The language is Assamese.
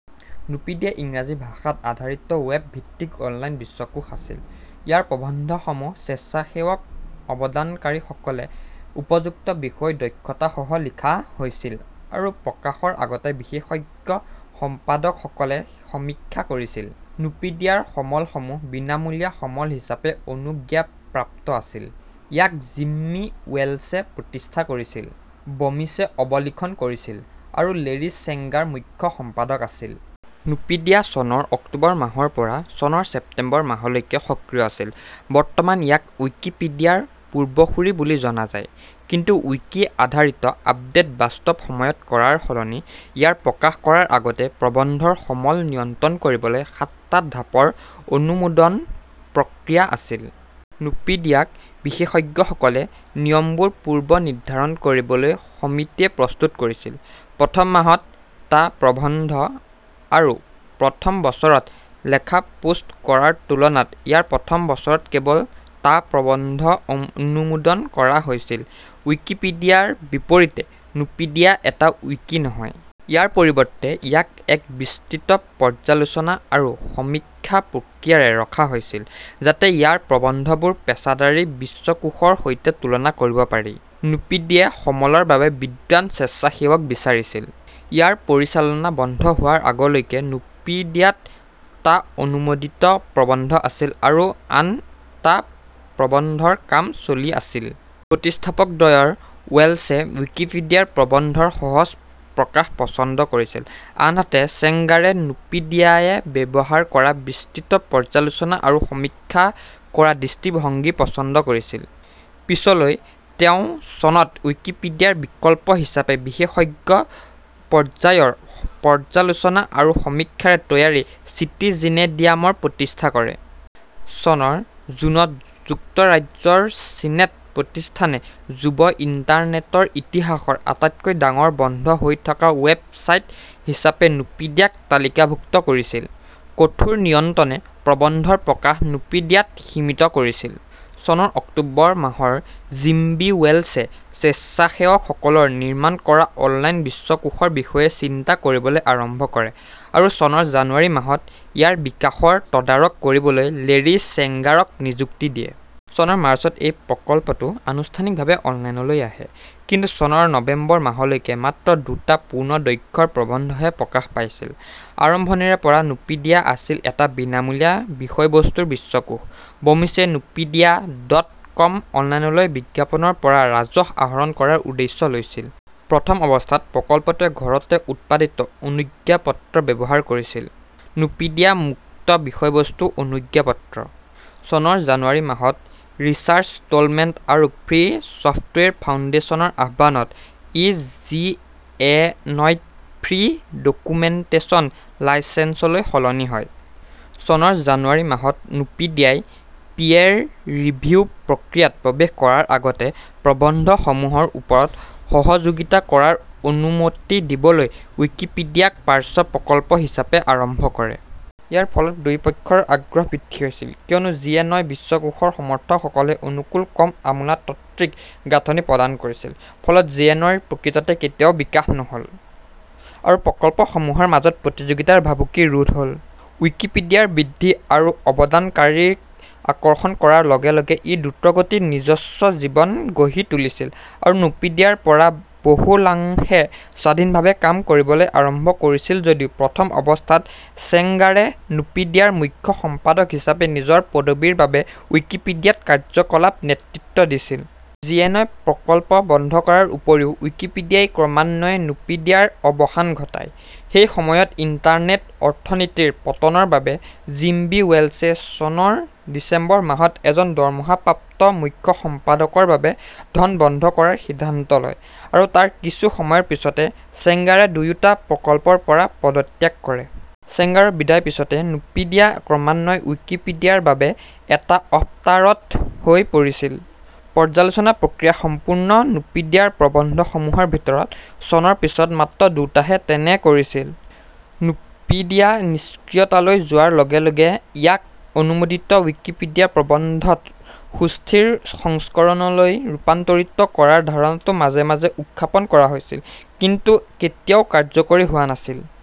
নুপিডিয়া ইংৰাজী ভাষা ত আধাৰিত ৱেব-ভিত্তিক অনলাইন বিশ্বকোষ আছিল। ইয়াৰ প্ৰবন্ধসমূহ স্বেচ্ছাসেৱক অৱদানকাৰীসকলে উপযুক্ত বিষয় দক্ষতাসহ লিখা হৈছিল আৰু প্ৰকাশৰ আগতে বিশেষজ্ঞ সম্পাদকসকলে সমীক্ষা কৰিছিল। নুপিডিয়াৰ সমলসমূহ বিনামূলীয়া সমল হিচাপে অনুজ্ঞাপ্ৰাপ্ত আছিল। ইয়াক জিম্মী ৱেলছে প্ৰতিষ্ঠা কৰিছিল, বমিছে অবলিখন কৰিছিল আৰু লেৰী ছেংগাৰ মুখ্য সম্পাদক আছিল। নুপিডিয়া চনৰ অক্টোবৰ মাহৰ পৰা চনৰ ছেপ্টেম্বৰ মাহলৈকে সক্ৰিয় আছিল। বৰ্তমান ইয়াক ৱিকিপিডিয়া ৰ পূৰ্বসূৰী বুলি জনা যায়। কিন্তু ৱিকি -আধাৰিত আপডেট বাস্তৱ সময়ত কৰাৰ সলনি ইয়াত প্ৰকাশ কৰাৰ আগতে প্ৰবন্ধৰ সমল নিয়ন্ত্ৰণ কৰিবলৈ সাতটা ঢাপৰ অনুমোদন প্ৰক্ৰিয়া আছিল। নুপিডিয়াক বিশেষজ্ঞসকলে নিয়মবোৰ পূৰ্বনিৰ্ধাৰণ কৰিবলৈ সমিতিয়ে প্ৰস্তুত কৰিছিল। প্ৰথম মাহত টা প্ৰবন্ধ আৰু প্ৰথম বছৰত লেখা পোষ্ট কৰাৰ তুলনাত ইয়াৰ প্ৰথম বছৰত কেৱল টা প্ৰবন্ধ অনুমোদন কৰা হৈছিল। ৱিকিপিডিয়া ৰ বিপৰীতে নুপিডিয়া এটা ৱিকি নহয়। ইয়াৰ পৰিৱৰ্তে ইয়াক এক বিস্তৃত পৰ্যালোচনা আৰু সমীক্ষা প্ৰক্ৰিয়াৰে ৰখা হৈছিল যাতে ইয়াৰ প্ৰবন্ধবোৰ পেছাদাৰী বিশ্বকোষৰ সৈতে তুলনা কৰিব পাৰি। নুপিডিয়ে সমলৰ বাবে বিদ্বান স্বেচ্ছাসেৱক বিচাৰিছিল। ইয়াৰ পৰিচালনা বন্ধ হোৱাৰ আগলৈকে নুপিডিয়াত টা অনুমোদিত প্ৰবন্ধ আছিল আৰু আন টা প্ৰবন্ধৰ কাম চলি আছিল। প্ৰতিষ্ঠাপকদ্বয়ৰ ৱেলছে ৱিকিপিডিয়াৰ প্ৰবন্ধৰ সহজ প্ৰকাশ পছন্দ কৰিছিল আনহাতে ছেংগাৰে নুপিডিয়ায়ে ব্যৱহাৰ কৰা বিস্তৃত পৰ্যালোচনা আৰু সমীক্ষা কৰা দৃষ্টিভংগী পছন্দ কৰিছিল। পিছলৈ তেওঁ চনত ৱিকিপিডিয়াৰ বিকল্প হিচাপে বিশেষজ্ঞ-পৰ্যায়ৰ পৰ্যালোচনা আৰু সমীক্ষাৰে তৈয়াৰী 'চিটিজিনেডিয়াম'ৰ প্ৰতিষ্ঠা কৰে। চনৰ জুনত যুক্তৰাজ্য ৰ চিনেট প্ৰতিষ্ঠানে যুৱ ইণ্টাৰনেটৰ ইতিহাসৰ আটাইতকৈ ডাঙৰ বন্ধ হৈ থকা ৱেব ছাইট হিচাপে নুপিডিয়াক তালিকাভুক্ত কৰিছিল। কঠোৰ নিয়ন্ত্ৰণে প্ৰবন্ধৰ প্ৰকাশ নুপিডিয়াত সীমিত কৰিছিল। চনৰ অক্টোবৰ মাহত জিম্মী ৱেলছে স্বেচ্ছাসেৱকসকলে নিৰ্মাণ কৰা অনলাইন বিশ্বকোষৰ বিষয়ে চিন্তা কৰিবলৈ আৰম্ভ কৰে আৰু চনৰ জানুৱাৰী মাহত ইয়াৰ বিকাশৰ তদাৰক কৰিবলৈ লেৰী ছেংগাৰক নিযুক্তি দিয়ে। চনৰ মাৰ্চত এই প্ৰকল্পটো আনুষ্ঠানিকভাৱে অনলাইনলৈ আহে। কিন্তু চনৰ নৱেম্বৰ মাহলৈকে মাত্ৰ দুটা পূৰ্ণদৈৰ্ঘ্যৰ প্ৰবন্ধহে প্ৰকাশ পাইছিল। আৰম্ভণিৰে পৰাই নুপিডিয়া আছিল এটা বিনামূলীয়া বিষয়বস্তুৰ বিশ্বকোষ, বমিছে নুপিডিয়া ডট কমত অনলাইন বিজ্ঞাপনৰ পৰা ৰাজহ আহৰণ কৰাৰ উদ্দেশ্য লৈছিল। প্ৰথম অৱস্থাত প্ৰকল্পটোৱে ঘৰতে উৎপাদিত অনুজ্ঞাপত্ৰ ব্যৱহাৰ কৰিছিল, নুপিডিয়া মুক্ত বিষয়বস্তু অনুজ্ঞাপত্ৰ। চনৰ জানুৱাৰী মাহত ৰিচাৰ্ড ষ্টলমেন আৰু ফ্ৰী চফ্টৱেৰ ফাউণ্ডেশ্যনৰ আহ্বানত ই জিএনইউ ফ্ৰী ডকুমেণ্টেচন লাইচেন্সলৈ সলনি হয়। চনৰ জানুৱাৰী মাহত নুপিডিয়াই পিয়েৰ ৰিভিউ প্ৰক্ৰিয়াত প্ৰৱেশ কৰাৰ আগতে প্ৰবন্ধসমূহৰ ওপৰত সহযোগিতা কৰাৰ অনুমতি দিবলৈ ৱিকিপিডিয়াক পাৰ্শ্ব-প্ৰকল্প হিচাপে আৰম্ভ কৰে। ইয়াৰ ফলত দুয়োপক্ষৰ আগ্ৰহ বৃদ্ধি হৈছিল, কিয়নো ই জিএনই বিশ্বকোষৰ সমৰ্থকসকলে অনুকূল কম আমোলাতন্ত্ৰিক গাঁথনি প্ৰদান কৰিছিল। ফলত জিএনইৰ প্ৰকৃততে কেতিয়াও বিকাশ নহ'ল, আৰু প্ৰকল্পসমূহৰ মাজত প্ৰতিযোগিতাৰ ভাবুকি ৰোধ হ'ল। ৱিকিপিডিয়া বৃদ্ধি আৰু অৱদানকাৰীক আকৰ্ষণ কৰাৰ লগে লগে ই দ্ৰুতগতিত নিজস্ব জীৱন গঢ়ি তুলিছিল আৰু নুপিডিয়াৰ পৰা বহুলাংশে স্বাধীনভাৱে কাম কৰিবলৈ আৰম্ভ কৰিছিল যদিও প্ৰথম অৱস্থাত ছেংগাৰে নুপিডিয়াৰ মুখ্য সম্পাদক হিচাপে নিজৰ পদৱীৰ বাবে ৱিকিপিডিয়াত কাৰ্যকলাপৰ নেতৃত্ব দিছিল। জিএনই প্ৰকল্প বন্ধ কৰাৰ উপৰিও ৱিকিপিডিয়াই ক্ৰমান্বয়ে নুপিডিয়াৰ অৱসান ঘটায়। সেই সময়ত ইণ্টাৰনেট অৰ্থনীতিৰ পতনৰ বাবে জিম্মী ৱেলছে চনৰ ডিচেম্বৰ মাহত এজন দৰমহাপ্ৰাপ্ত মুখ্য সম্পাদকৰ বাবে ধন বন্ধ কৰাৰ সিদ্ধান্ত লয়, আৰু তাৰ কিছু সময়ৰ পিছতে ছেংগাৰে দুয়োটা প্ৰকল্পৰ পৰা পদত্যাগ কৰে। ছেংগাৰৰ বিদায়ৰ পিছত নুপিডিয়া ক্ৰমান্বয়ে ৱিকিপিডিয়াৰ বাবে এটা আফটাৰথ্থ হৈ পৰিছিল; পৰ্যালোচনা প্ৰক্ৰিয়া সম্পূৰ্ণ কৰা নুপিডিয়াৰ প্ৰবন্ধসমূহৰ ভিতৰত চনৰ পিছত মাত্ৰ দুটাহে তেনে কৰিছিল। নুপিডিয়া নিষ্ক্ৰিয়তালৈ যোৱাৰ লগে লগে ইয়াক অনুমোদিত ৱিকিপিডিয়াৰ প্ৰবন্ধৰ সুস্থিৰ সংস্কৰণলৈ ৰূপান্তৰিত কৰাৰ ধাৰণাটো মাজে মাজে উত্থাপন কৰা হৈছিল, কিন্তু কেতিয়াও কাৰ্যকৰী কৰা হোৱা নাছিল।